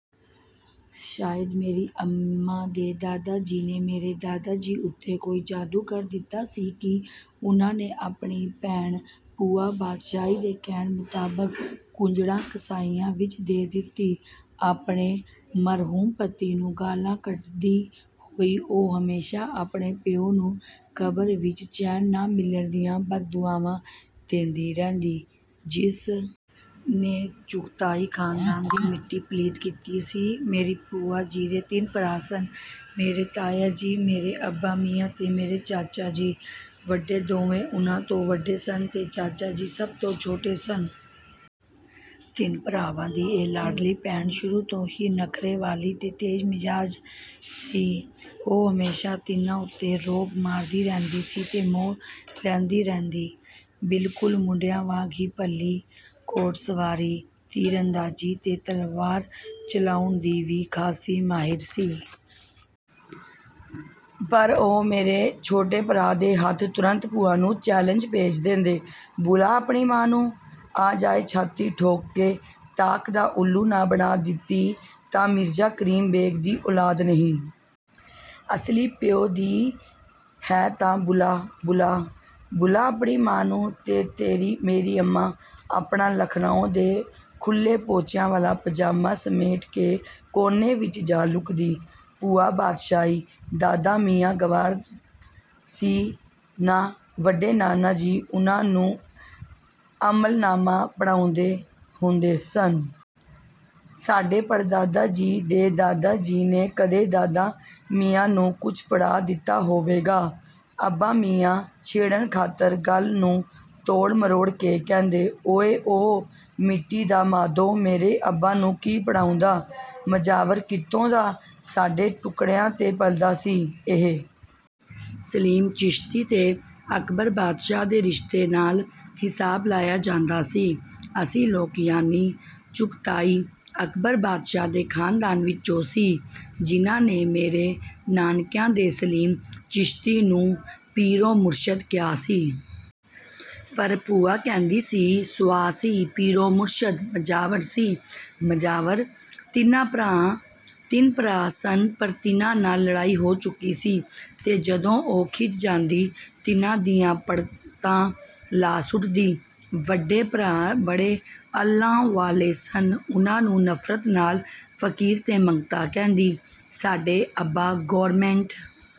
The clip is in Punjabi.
ਸ਼ਾਇਦ ਮੇਰੀ ਅੰਮਾਂ ਦੇ ਦਾਦਾ ਜੀ ਨੇ ਮੇਰੇ ਦਾਦਾ ਜੀ ਉੱਤੇ ਕੋਈ ਜਾਦੂ ਕਰ ਦਿੱਤਾ ਸੀ ਕਿ ਉਨ੍ਹਾਂ ਨੇ ਆਪਣੀ ਭੈਣ, ਭੂਆ ਬਾਦਸ਼ਾਹੀ, ਦੇ ਕਹਿਣ ਮੁਤਾਬਕ ਕੁੰਜੜਾਂ-ਕਸਾਈਆਂ ਵਿੱਚ ਦੇ ਦਿੱਤੀ। ਆਪਣੇ 'ਮਰਹੂਮ' ਪਤੀ ਨੂੰ ਗਾਲ੍ਹਾਂ ਕੱਢਦੀ ਹੋਈ ਉਹ ਹਮੇਸ਼ਾ ਆਪਣੇ ਪਿਓ ਨੂੰ ਕਬਰ ਵਿੱਚ ਚੈਨ ਨਾ ਮਿਲਣ ਦੀਆਂ ਬਦਦੁਆਵਾਂ ਦਿੰਦੀ ਰਹਿੰਦੀ। ਜਿਸ ਨੇ ਚੁਗ਼ਤਾਈ ਖ਼ਾਨਦਾਨ ਦੀ ਮਿੱਟੀ ਪਲੀਤ ਕੀਤੀ ਸੀ। ਮੇਰੀ ਭੂਆ ਜੀ ਦੇ ਤਿੰਨ ਭਰਾ ਸਨ। ਮੇਰੇ ਤਾਇਆ ਜੀ, ਮੇਰੇ ਅੱਬਾ ਮੀਆਂ ਤੇ ਮੇਰੇ ਚਾਚਾ ਜੀ, ਵੱਡੇ ਦੋਵੇਂ ਉਨ੍ਹਾਂ ਤੋਂ ਵੱਡੇ ਸਨ ਤੇ ਚਾਚਾ ਜੀ ਸਭ ਤੋਂ ਛੋਟੇ ਸਨ। ਤਿੰਨ ਭਰਾਵਾਂ ਦੀ ਇਹ ਲਾਡਲੀ ਭੈਣ ਸ਼ੁਰੂ ਤੋਂ ਹੀ ਨਖ਼ਰੇ ਵਾਲੀ ਤੇ ਤੇਜ਼ ਮਿਜ਼ਾਜ਼ ਸੀ। ਉਹ ਹਮੇਸ਼ਾ ਤਿੰਨਾਂ ਉੱਤੇ ਰੋਅਬ ਮਾਰਦੀ ਰਹਿੰਦੀ ਤੇ ਮੋਹ ਲੈਂਦੀ ਰਹਿੰਦੀ ਸੀ। ਬਿਲਕੁਲ ਮੁੰਡਿਆਂ ਵਾਂਗ ਹੀ ਪਲੀ, ਘੋੜਸਵਾਰੀ, ਤੀਰਅੰਦਾਜ਼ੀ ਤੇ ਤਲਵਾਰ ਚਲਾਉਣ ਦੀ ਵੀ ਖਾਸੀ ਮਾਹਿਰ ਸੀ। ਪਰ ਉਹ ਮੇਰੇ ਛੋਟੇ ਭਰਾ ਦੇ ਹੱਥ ਤੁਰੰਤ ਭੂਆ ਨੂੰ ਚੈਲੇਂਜ ਭੇਜ ਦਿੰਦੇ। ''ਬੁਲਾ ਆਪਣੀ ਮਾਂ ਨੂੰ। ਆ ਜਾਏ ਛਾਤੀ ਠੋਕ ਕੇ। ਤਾਕ ਦਾ ਉੱਲੂ ਨਾ ਬਣਾ ਦਿੱਤੀ ਤਾਂ ਮਿਰਜ਼ਾ ਕਰੀਮ ਬੇਗ ਦੀ ਔਲਾਦ ਨਹੀਂ। ਅਸਲੀ ਪਿਓ ਦੀ ਹੈ ਤਾਂ ਬੁਲਾ-ਬੁਲਾ, ਬੁਲਾ ਆਪਣੀ ਮਾਂ ਨੂੰ'' ਤੇ ਮੇਰੀ ਅੰਮਾਂ ਆਪਣਾ ਲਖ਼ਨਊ ਦਾ ਖੁੱਲ੍ਹੇ ਪੌਂਚਿਆਂ ਵਾਲਾ ਪਾਜਾਮਾ ਸਮੇਟ ਕੇ ਕੋਨੇ ਵਿੱਚ ਜਾ ਲੁਕਦੀ।''ਭੂਆ ਬਾਦਸ਼ਾਹੀ, ਦਾਦਾ ਮੀਆਂ ਗਵਾਰ ਸੀ ਨਾ? ਵੱਡੇ ਨਾਨਾ ਜੀ ਉਨ੍ਹਾਂ ਨੂੰ ਅਮਲਨਾਮਾ ਪੜ੍ਹਾਉਂਦੇ ਹੁੰਦੇ ਸਨ।" ਸਾਡੇ ਪੜਦਾਦਾ ਜੀ ਦੇ ਦਾਦਾ ਜੀ ਨੇ ਕਦੇ ਦਾਦਾ ਮੀਆਂ ਨੂੰ ਕੁਝ ਪੜ੍ਹਾ ਦਿੱਤਾ ਹੋਵੇਗਾ। ਅੱਬਾ ਮੀਆਂ ਛੇੜਨ ਖ਼ਾਤਰ ਗੱਲ ਨੂੰ ਤੋੜ-ਮਰੋੜ ਕੇ ਕਹਿੰਦੇ। ''ਓਏ ਉਹ ਮਿੱਟੀ ਦਾ ਮਾਧੋ ਮੇਰੇ ਅੱਬਾ ਨੂੰ ਕੀ ਪੜ੍ਹਾਉਂਦਾ--ਮਜਾਵਰ ਕਿਤੋਂ ਦਾ, ਸਾਡੇ ਟੁੱਕੜਿਆਂ 'ਤੇ ਪਲਦਾ ਸੀ।"ਇਹ ਸਲੀਮ ਚਿਸ਼ਤੀ ਤੇ ਅਕਬਰ ਬਾਦਸ਼ਾਹ ਦੇ ਰਿਸ਼ਤੇ ਨਾਲ ਹਿਸਾਬ ਲਾਇਆ ਜਾਂਦਾ ਸੀ। ਅਸੀਂ ਲੋਕ ਯਾਨੀ ਚੁਗ਼ਤਾਈ, ਅਕਬਰ ਬਾਦਸ਼ਾਹ ਦੇ ਖ਼ਾਨਦਾਨ ਵਿੱਚੋਂ ਸੀ ਜਿਨ੍ਹਾਂ ਨੇ ਮੇਰੇ ਨਾਨਕਿਆਂ ਦੇ ਸਲੀਮ ਚਿਸ਼ਤੀ ਨੂੰ ਪੀਰੋ-ਮੁਰਸ਼ਦ ਕਿਹਾ ਸੀ। ਪਰ ਭੂਆ ਕਹਿੰਦੀ ਸੀ, ''ਸੁਆਹ ਸੀ ਪੀਰੋ-ਮੁਰਸ਼ਦ - ਮਜਾਵਰ ਸੀ, ਮਜਾਵਰ।"ਤਿੰਨ ਭਰਾ ਸਨ ਪਰ ਤਿੰਨਾਂ ਨਾਲ ਲੜਾਈ ਹੋ ਚੁੱਕੀ ਸੀ। ਤੇ ਜਦੋਂ ਉਹ ਖਿਝ ਜਾਂਦੀ ਤਿੰਨਾਂ ਦੀਆਂ ਪੜਤਾਂ ਲਾਹ ਸੁੱਟਦੀ। ਵੱਡੇ ਭਰਾ ਬੜੇ ਅੱਲ੍ਹਾ ਵਾਲੇ ਸਨ, ਉਨ੍ਹਾਂ ਨੂੰ ਨਫ਼ਰਤ ਨਾਲ ਫ਼ਕੀਰ ਤੇ ਮੰਗਤਾ ਕਹਿੰਦੀ। ਸਾਡੇ ਅੱਬਾ ਗੌਰਮਿੰਟ